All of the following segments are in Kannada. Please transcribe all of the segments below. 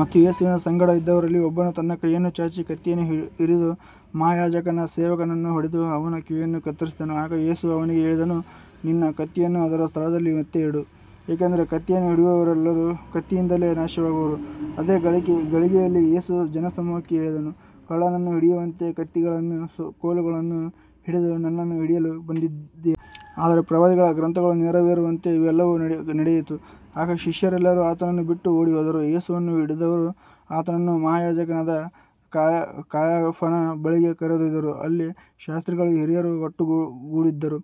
ಮತ್ತು ಯೇಸುವಿನ ಸಂಗಡ ಇದ್ದವರಲ್ಲಿ ಒಬ್ಬನು ತನ್ನ ಕೈಯನ್ನು ಚಾಚಿ ಕತ್ತಿಯನ್ನು ಹಿರಿದು ಮಹಾಯಾಜಕನ ಸೇವಕನನ್ನು ಹೊಡೆದು ಅವನ ಕಿವಿಯನ್ನು ಕತ್ತರಿಸಿದನು. ಆಗ ಯೇಸು ಅವನಿಗೆ ಹೇಳಿದನು, ನಿನ್ನ ಕತ್ತಿಯನ್ನು ಅದರ ಸ್ಥಳದಲ್ಲಿ ಮತ್ತೆ ಇಡು, ಏಕೆಂದರೆ ಕತ್ತಿಯನ್ನು ಹಿಡಿಯುವವರೆಲ್ಲರೂ ಕತ್ತಿಯಿಂದಲೇ ನಾಶವಾಗುವರು. ಅದೇ ಗಳಿಗೆಯಲ್ಲಿ ಯೇಸು ಜನಸಮೂಹಕ್ಕೆ ಹೇಳಿದನು, ಕಳ್ಳನನ್ನು ಹಿಡಿಯುವಂತೆ ಕತ್ತಿಗಳನ್ನೂ ಕೋಲುಗಳನ್ನೂ ಹಿಡಿದು ನನ್ನನ್ನು ಹಿಡಿಯಲು ಬಂದಿದ್ದೀರಾ. ಆದರೆ ಪ್ರವಾದಿಗಳ ಗ್ರಂಥಗಳು ನೆರವೇರುವಂತೆ ಇದೆಲ್ಲವೂ ನಡೆಯಿತು. ಆಗ ಶಿಷ್ಯರೆಲ್ಲರೂ ಆತನನ್ನು ಬಿಟ್ಟು ಓಡಿಹೋದರು. ಯೇಸುವನ್ನು ಹಿಡಿದವರು ಆತನನ್ನು ಮಹಾಯಾಜಕನಾದ ಕಾಯಫನ ಬಳಿಗೆ ಕರೆದೊಯ್ದರು, ಅಲ್ಲಿ ಶಾಸ್ತ್ರಿಗಳೂ ಹಿರಿಯರೂ ಒಟ್ಟುಗೂಡಿದ್ದರು.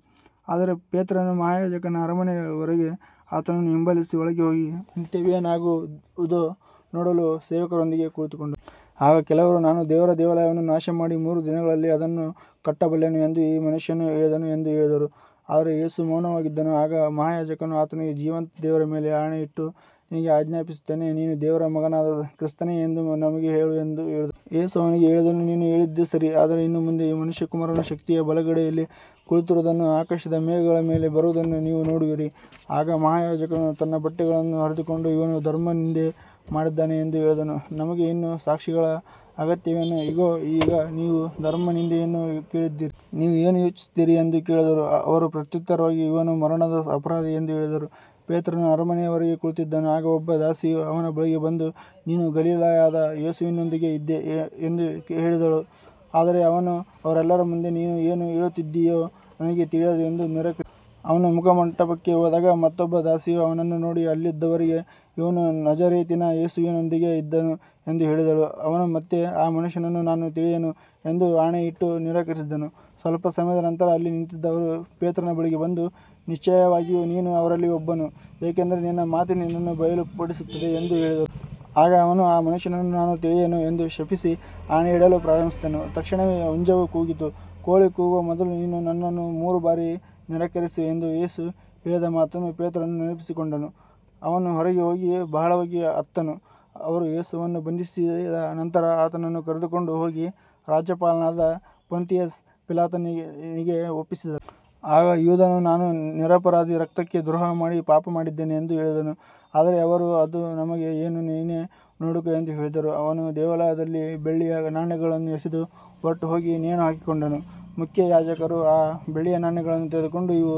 ಆದರೆ ಪೇತ್ರನು ಮಹಾಯಾಜಕನ ಅರಮನೆಯವರೆಗೆ ಆತನನ್ನು ಹಿಂಬಾಲಿಸಿ, ಒಳಗೆ ಹೋಗಿ ಅಂತ್ಯವೇನಾಗುವುದೋ ನೋಡಲು ಸೇವಕರೊಂದಿಗೆ ಕುಳಿತುಕೊಂಡನು. ಆಗ ಕೆಲವರು, ನಾನು ದೇವರ ದೇವಾಲಯವನ್ನು ನಾಶಮಾಡಿ ಮೂರು ದಿನಗಳಲ್ಲಿ ಅದನ್ನು ಕಟ್ಟಬಲ್ಲೆನು ಎಂದು ಈ ಮನುಷ್ಯನು ಹೇಳಿದನು ಎಂದು ಹೇಳಿದರು. ಆದರೆ ಯೇಸು ಮೌನವಾಗಿದ್ದನು. ಆಗ ಮಹಾಯಾಜಕನು ಆತನಿಗೆ, ಜೀವಂತ ದೇವರ ಮೇಲೆ ಆಣೆ ಇಟ್ಟು ನಿನಗೆ ಆಜ್ಞಾಪಿಸುತ್ತೇನೆ, ನೀನು ದೇವರ ಮಗನಾದ ಕ್ರಿಸ್ತನೇ ಎಂದು ನಮಗೆ ಹೇಳು ಎಂದು ಹೇಳಿದನು. ಯೇಸು ಅವನಿಗೆ ಹೇಳಿದನು, ನೀನು ಹೇಳಿದ್ದೇ ಸರಿ. ಆದರೆ ಇನ್ನು ಮುಂದೆ ಮನುಷ್ಯಕುಮಾರನು ಶಕ್ತಿಯ ಬಲಗಡೆಯಲ್ಲಿ ಕುಳಿತಿರುವುದನ್ನೂ ಆಕಾಶದ ಮೇಘಗಳ ಮೇಲೆ ಬರುವುದನ್ನೂ ನೀವು ನೋಡುವಿರಿ. ಆಗ ಮಹಾಯಾಜಕನು ತನ್ನ ಬಟ್ಟೆಗಳನ್ನು ಹರಿದುಕೊಂಡು, ಇವನು ಧರ್ಮನಿಂದೆ ಮಾಡಿದ್ದಾನೆ ಎಂದು ಹೇಳಿದನು. ನಮಗೆ ಇನ್ನು ಸಾಕ್ಷಿಗಳ ಅಗತ್ಯವೇನು, ಇಗೋ, ಈಗ ನೀವು ಧರ್ಮನಿಂದೆಯನ್ನು ಕೇಳಿದ್ದೀರಿ. ನೀವು ಏನು ಯೋಚಿಸುತ್ತೀರಿ ಎಂದು ಕೇಳಿದರು. ಅವರು ಪ್ರತ್ಯುತ್ತರವಾಗಿ, ಇವನು ಮರಣದ ಅಪರಾಧಿ ಎಂದು ಹೇಳಿದರು. ಪೇತ್ರನು ಅರಮನೆಯ ಹೊರಗೆ ಕುಳಿತಿದ್ದನು. ಆಗ ಒಬ್ಬ ದಾಸಿಯು ಅವನ ಬಳಿಗೆ ಬಂದು, ನೀನೂ ಗಲಿಲಾಯದ ಯೇಸುವಿನೊಂದಿಗೆ ಇದ್ದೆ ಎಂದು ಹೇಳಿದಳು. ಆದರೆ ಅವನು ಅವರೆಲ್ಲರ ಮುಂದೆ, ನೀನು ಏನು ಹೇಳುತ್ತಿದ್ದೀಯೋ ನನಗೆ ತಿಳಿಯದು ಎಂದು ನಿರಾಕರಿಸಿದನು. ಅವನು ಮುಖಮಂಟಪಕ್ಕೆ ಹೋದಾಗ ಮತ್ತೊಬ್ಬ ದಾಸಿಯು ಅವನನ್ನು ನೋಡಿ ಅಲ್ಲಿದ್ದವರಿಗೆ, ಇವನೂ ನಜರೇತಿನ ಯೇಸುವಿನೊಂದಿಗೆ ಇದ್ದನು ಎಂದು ಹೇಳಿದಳು. ಅವನು ಮತ್ತೆ, ಆ ಮನುಷ್ಯನನ್ನು ನಾನು ತಿಳಿಯೆನು ಎಂದು ಆಣೆಯಿಟ್ಟು ನಿರಾಕರಿಸಿದನು. ಸ್ವಲ್ಪ ಸಮಯದ ನಂತರ ಅಲ್ಲಿ ನಿಂತಿದ್ದವರು ಪೇತ್ರನ ಬಳಿಗೆ ಬಂದು, ನಿಶ್ಚಯವಾಗಿಯೂ ನೀನೂ ಅವರಲ್ಲಿ ಒಬ್ಬನು, ಏಕೆಂದರೆ ನಿನ್ನ ಮಾತೇ ನಿನ್ನನ್ನು ಬಯಲುಪಡಿಸುತ್ತದೆ ಎಂದು ಹೇಳಿದರು. ಆಗ ಅವನು, ಆ ಮನುಷ್ಯನನ್ನು ನಾನು ತಿಳಿಯೆನು ಎಂದು ಶಪಿಸಿ ಆಣೆಯಿಡಲು ಪ್ರಾರಂಭಿಸಿದನು. ತಕ್ಷಣವೇ ಹುಂಜವು ಕೂಗಿತು. ಕೋಳಿ ಕೂಗುವ ಮೊದಲು ನೀನು ನನ್ನನ್ನು ಮೂರು ಬಾರಿ ನಿರಾಕರಿಸುವೆ ಎಂದು ಯೇಸು ಹೇಳಿದ ಮಾತನ್ನು ಪೇತ್ರನು ನೆನಪಿಸಿಕೊಂಡನು. ಅವನು ಹೊರಗೆ ಹೋಗಿ ಬಹಳವಾಗಿ ಅತ್ತನು. ಅವರು ಯೇಸುವನ್ನು ಬಂಧಿಸಿದ ನಂತರ ಆತನನ್ನು ಕರೆದುಕೊಂಡು ಹೋಗಿ ರಾಜ್ಯಪಾಲನಾದ ಪೊಂತಿಯಸ್ ಪಿಲಾತನಿಗೆ ಒಪ್ಪಿಸಿದರು. ಆಗ ಯೂದನು, ನಾನು ನಿರಪರಾಧಿ ರಕ್ತಕ್ಕೆ ದ್ರೋಹಮಾಡಿ ಪಾಪ ಮಾಡಿದ್ದೇನೆ ಎಂದು ಹೇಳಿದನು. ಆದರೆ ಅವರು, ಅದು ನಮಗೆ ಏನು, ನೀನೇ ನೋಡಿಕೋ ಎಂದು ಹೇಳಿದರು. ಅವನು ದೇವಾಲಯದಲ್ಲಿ ಬೆಳ್ಳಿಯ ನಾಣ್ಯಗಳನ್ನು ಎಸೆದು ಹೊರಟುಹೋಗಿ ನೇಣು ಹಾಕಿಕೊಂಡನು. ಮುಖ್ಯಯಾಜಕರು ಆ ಬೆಳ್ಳಿಯ ನಾಣ್ಯಗಳನ್ನು ತೆಗೆದುಕೊಂಡು, ಇವು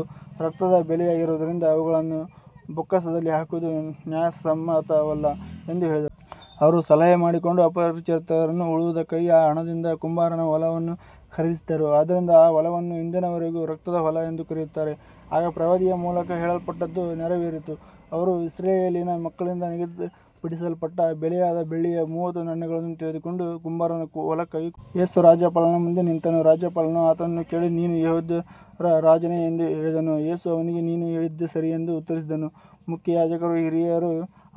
ರಕ್ತದ ಬೆಲೆಯಾಗಿರುವುದರಿಂದ ಅವುಗಳನ್ನು ಬೊಕ್ಕಸದಲ್ಲಿ ಹಾಕುವುದು ನ್ಯಾಯಸಮ್ಮತವಲ್ಲ ಎಂದು ಹೇಳಿದರು. ಅವರು ಸಲಹೆ ಮಾಡಿಕೊಂಡು ಅಪರಿಚಿತರನ್ನು ಹೂಳುವುದಕ್ಕಾಗಿ ಆ ಹಣದಿಂದ ಕುಂಬಾರನ ಹೊಲವನ್ನು ಖರೀದಿಸಿದರು. ಆದ್ದರಿಂದ ಆ ಹೊಲವನ್ನು ಇಂದಿನವರೆಗೂ ರಕ್ತದ ಹೊಲ ಎಂದು ಕರೆಯುತ್ತಾರೆ. ಆಗ ಪ್ರವಾದಿಯ ಮೂಲಕ ಹೇಳಲ್ಪಟ್ಟದ್ದು ನೆರವೇರಿತು, ಅವರು ಇಸ್ರಾಯೇಲಿನ ಮಕ್ಕಳಿಂದ ನಿಗದಿಪಡಿಸಲ್ಪಟ್ಟ ಬೆಲೆಯಾದ ಬೆಳ್ಳಿಯ ಮೂವತ್ತು ನಾಣ್ಯಗಳನ್ನು ತೆಗೆದುಕೊಂಡು ಕುಂಬಾರನ ಹೊಲಕ್ಕಾಗಿ ಕೊಟ್ಟರು. ಯೇಸು ರಾಜ್ಯಪಾಲನ ಮುಂದೆ ನಿಂತನು. ರಾಜ್ಯಪಾಲನು ಆತನನ್ನು ಕೇಳಿ, ನೀನು ಯೆಹೂದ್ಯರ ರಾಜನೇ ಎಂದು ಹೇಳಿದನು. ಯೇಸು ಅವನಿಗೆ, ನೀನು ಹೇಳಿದ್ದೇ ಸರಿ ಎಂದು ಉತ್ತರಿಸಿದನು. ಮುಖ್ಯಯಾಜಕರೂ ಹಿರಿಯರೂ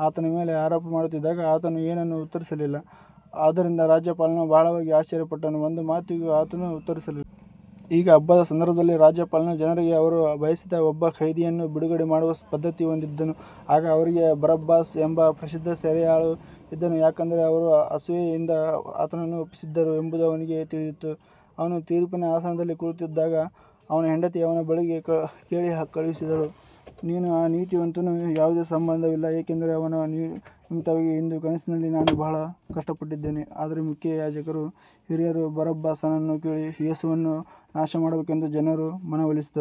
ಆತನ ಮೇಲೆ ಆರೋಪ ಮಾಡುತ್ತಿದ್ದಾಗ ಆತನು ಏನನ್ನೂ ಉತ್ತರಿಸಲಿಲ್ಲ. ಆದ್ದರಿಂದ ರಾಜ್ಯಪಾಲನು ಬಹಳವಾಗಿ ಆಶ್ಚರ್ಯಪಟ್ಟನು, ಒಂದು ಮಾತಿಗೂ ಆತನು ಉತ್ತರಿಸಲಿಲ್ಲ. ಈಗ ಹಬ್ಬದ ಸಂದರ್ಭದಲ್ಲಿ ರಾಜ್ಯಪಾಲನು ಜನರಿಗೆ ಅವರು ಬಯಸಿದ ಒಬ್ಬ ಖೈದಿಯನ್ನು ಬಿಡುಗಡೆ ಮಾಡುವ ಪದ್ಧತಿ ಹೊಂದಿದ್ದನು. ಆಗ ಅವರಿಗೆ ಬರಬ್ಬಾಸ್ ಎಂಬ ಪ್ರಸಿದ್ಧ ಸೆರೆಯಾಳು ಇದ್ದನು. ಯಾಕಂದರೆ ಅವರು ಅಸೂಯೆಯಿಂದ ಆತನನ್ನು ಒಪ್ಪಿಸಿದ್ದರು ಎಂಬುದು ಅವನಿಗೆ ತಿಳಿದಿತ್ತು. ಅವನು ತೀರ್ಪಿನ ಆಸನದಲ್ಲಿ ಕುಳಿತಿದ್ದಾಗ ಅವನ ಹೆಂಡತಿ ಅವನ ಬಳಿಗೆ ಹೇಳಿಕಳುಹಿಸಿದಳು, ನೀನೂ ಆ ನೀತಿವಂತನೂ ಯಾವುದೇ ಸಂಬಂಧವಿಲ್ಲ, ಏಕೆಂದರೆ ಅವನ ನಿಮಿತ್ತವಾಗಿ ಇಂದು ಕನಸಿನಲ್ಲಿ ನಾನು ಬಹಳ ಕಷ್ಟಪಟ್ಟಿದ್ದೇನೆ. ಆದರೆ ಮುಖ್ಯಯಾಜಕರೂ ಹಿರಿಯರೂ ಬರಬ್ಬಾಸನನ್ನು ಕೇಳಿ ಯೇಸುವನ್ನು ನಾಶಮಾಡಬೇಕೆಂದು ಜನರನ್ನು ಮನವೊಲಿಸಿದರು.